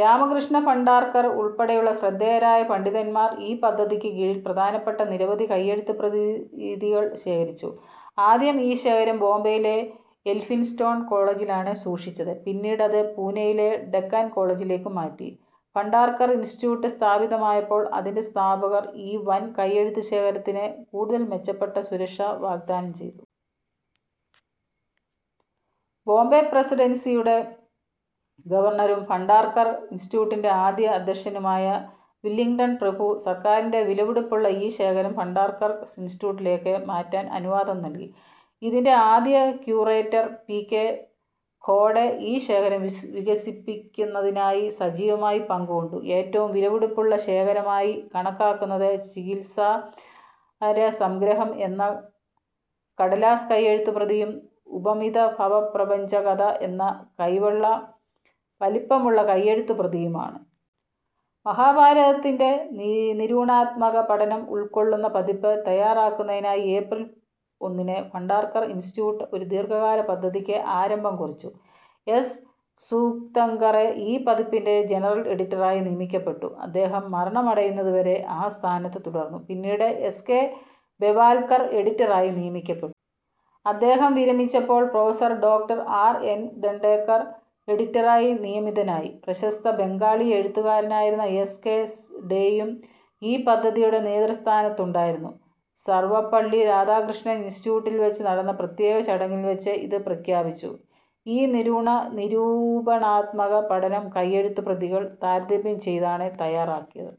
രാമകൃഷ്ണ ഭണ്ഡാർക്കർ ഉൾപ്പെടെയുള്ള ശ്രദ്ധേയരായ പണ്ഡിതന്മാർ ഈ പദ്ധതിക്ക് കീഴിൽ പ്രധാനപ്പെട്ട നിരവധി കൈയെഴുത്തുപ്രതികൾ ശേഖരിച്ചു. ആദ്യം ഈ ശേഖരം ബോംബെയിലെ എൽഫിൻസ്റ്റോൺ കോളേജിലാണ് സൂക്ഷിച്ചത്. പിന്നീട് അത് പൂനെയിലെ ഡക്കാൻ കോളേജിലേക്ക് മാറ്റി. ഭണ്ഡാർക്കർ ഇൻസ്റ്റിറ്റ്യൂട്ട് സ്ഥാപിതമായപ്പോൾ അതിൻ്റെ സ്ഥാപകർ ഈ വൻ കൈയെഴുത്തുശേഖരത്തിന് കൂടുതൽ മെച്ചപ്പെട്ട സുരക്ഷ വാഗ്ദാനം ചെയ്തു. ബോംബെ പ്രസിഡൻസിയുടെ ഗവർണറും ഭണ്ഡാർക്കർ ഇൻസ്റ്റിറ്റ്യൂട്ടിൻ്റെ ആദ്യ അധ്യക്ഷനുമായ വില്ലിംഗ്ടൺ പ്രഭു, സർക്കാരിൻ്റെ വിലപിടിപ്പുള്ള ഈ ശേഖരം ഭണ്ഡാർക്കർ ഇൻസ്റ്റിറ്റ്യൂട്ടിലേക്ക് മാറ്റാൻ അനുവാദം നൽകി. ഇതിൻ്റെ ആദ്യ ക്യൂറേറ്റർ പി. കെ. ഖോഡെ ഈ ശേഖരം വികസിപ്പിക്കുന്നതിനായി സജീവമായി പങ്കുകൊണ്ടു. ഏറ്റവും വിലപിടിപ്പുള്ള ശേഖരമായി കണക്കാക്കുന്നത് ചികിത്സാസാരസംഗ്രഹം എന്ന കടലാസ് കൈയെഴുത്തുപ്രതിയും ഉപമിതഭവപ്രപഞ്ചകഥ എന്ന കൈവെള്ള വലിപ്പമുള്ള കൈയെഴുത്തുപ്രതിയുമാണ്. മഹാഭാരതത്തിൻ്റെ നിരൂപണാത്മക പഠനം ഉൾക്കൊള്ളുന്ന പതിപ്പ് തയ്യാറാക്കുന്നതിനായി ഏപ്രിൽ ഒന്നിന് ഭണ്ഡാർക്കർ ഇൻസ്റ്റിറ്റ്യൂട്ട് ഒരു ദീർഘകാല പദ്ധതിക്ക് ആരംഭം കുറിച്ചു. എസ്. സൂക്തങ്കറെ ഈ പതിപ്പിൻ്റെ ജനറൽ എഡിറ്ററായി നിയമിക്കപ്പെട്ടു. അദ്ദേഹം മരണമടയുന്നത് വരെ ആ സ്ഥാനത്ത് തുടർന്നു. പിന്നീട് എസ്. കെ. ബെവാൽക്കർ എഡിറ്ററായി നിയമിക്കപ്പെട്ടു. അദ്ദേഹം വിരമിച്ചപ്പോൾ professor doctor R. N. Dandekar എഡിറ്ററായി നിയമിതനായി. പ്രശസ്ത ബംഗാളി എഴുത്തുകാരനായിരുന്ന എസ്. കെ. ഡേയും ഈ പദ്ധതിയുടെ നേതൃസ്ഥാനത്തുണ്ടായിരുന്നു. സർവപള്ളി രാധാകൃഷ്ണൻ ഇൻസ്റ്റിറ്റ്യൂട്ടിൽ വെച്ച് നടന്ന പ്രത്യേക ചടങ്ങിൽ വെച്ച് ഇത് പ്രഖ്യാപിച്ചു.ഈ നിരൂപണാത്മക പഠനം കൈയെഴുത്തുപ്രതികൾ താരതമ്യം ചെയ്താണ് തയ്യാറാക്കിയത്.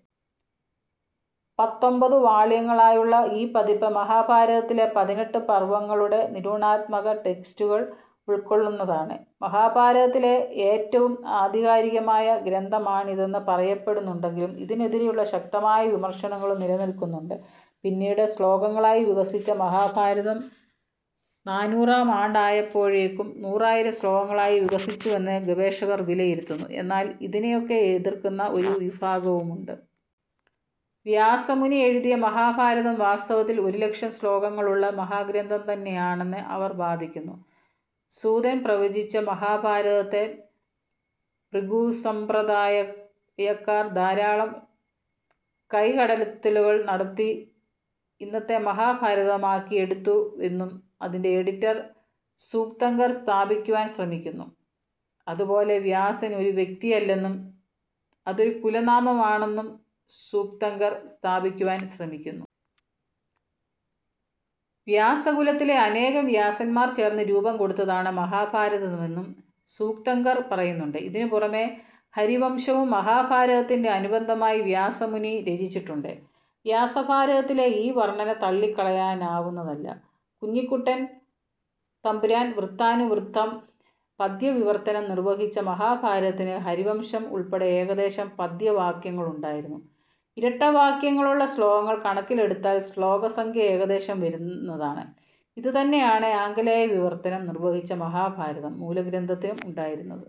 പത്തൊമ്പത് വാള്യങ്ങളായുള്ള ഈ പതിപ്പ് മഹാഭാരതത്തിലെ പതിനെട്ട് പർവ്വങ്ങളുടെ നിരൂപണാത്മക ടെക്സ്റ്റുകൾ ഉൾക്കൊള്ളുന്നതാണ്. മഹാഭാരതത്തിലെ ഏറ്റവും ആധികാരികമായ ഗ്രന്ഥമാണിതെന്ന് പറയപ്പെടുന്നുണ്ടെങ്കിലും ഇതിനെതിരെ ശക്തമായ വിമർശനങ്ങളും നിലനിൽക്കുന്നുണ്ട്. പിന്നീട് ശ്ലോകങ്ങളായി വികസിച്ച മഹാഭാരതം, നാനൂറാം ആണ്ടായപ്പോഴേക്കും നൂറായിരം ശ്ലോകങ്ങളായി വികസിച്ചുവെന്ന് ഗവേഷകർ വിലയിരുത്തുന്നു. എന്നാൽ ഇതിനെയൊക്കെ എതിർക്കുന്ന ഒരു വിഭാഗവുമുണ്ട്. വ്യാസമുനി എഴുതിയ മഹാഭാരതം വാസ്തവത്തിൽ ഒരു ലക്ഷം ശ്ലോകങ്ങളുള്ള മഹാഗ്രന്ഥം തന്നെയാണെന്ന് അവർ വാദിക്കുന്നു. സൂതൻ പ്രവചിച്ച മഹാഭാരതത്തെ ഭൃഗു സംപ്രദായക്കാർ ധാരാളം കൈകടത്തലുകൾ നടത്തി ഇന്നത്തെ മഹാഭാരതമാക്കിയെടുത്തുവെന്നും അതിൻ്റെ എഡിറ്റർ സൂക്തങ്കർ സ്ഥാപിക്കുവാൻ ശ്രമിക്കുന്നു. അതുപോലെ വ്യാസൻ ഒരു വ്യക്തിയല്ലെന്നും അതൊരു കുലനാമമാണെന്നും സൂക്തങ്കർ സ്ഥാപിക്കുവാൻ ശ്രമിക്കുന്നു. വ്യാസകുലത്തിലെ അനേകം വ്യാസന്മാർ ചേർന്ന് രൂപം കൊടുത്തതാണ് മഹാഭാരതമെന്നും സൂക്തങ്കർ പറയുന്നുണ്ട്. ഇതിനു പുറമെ ഹരിവംശവും മഹാഭാരതത്തിൻ്റെ അനുബന്ധമായി വ്യാസമുനി രചിച്ചിട്ടുണ്ട്. വ്യാസഭാരതത്തിലെ ഈ വർണന തള്ളിക്കളയാവുന്നതല്ല. കുഞ്ഞിക്കുട്ടൻ തമ്പുരാൻ വൃത്താനുവൃത്തം പദ്യവിവർത്തനം നിർവഹിച്ച മഹാഭാരതത്തിന് ഹരിവംശം ഉൾപ്പെടെ ഏകദേശം പദ്യവാക്യങ്ങളുണ്ടായിരുന്നു. ഇരട്ട വാക്യങ്ങളുള്ള ശ്ലോകങ്ങൾ കണക്കിലെടുത്താൽ ശ്ലോകസംഖ്യ ഏകദേശം വരുന്നതാണ്. ഇതുതന്നെയാണ് ആംഗലേയ വിവർത്തനം നിർവഹിച്ച മഹാഭാരതം മൂലഗ്രന്ഥത്തിനും ഉണ്ടായിരുന്നത്.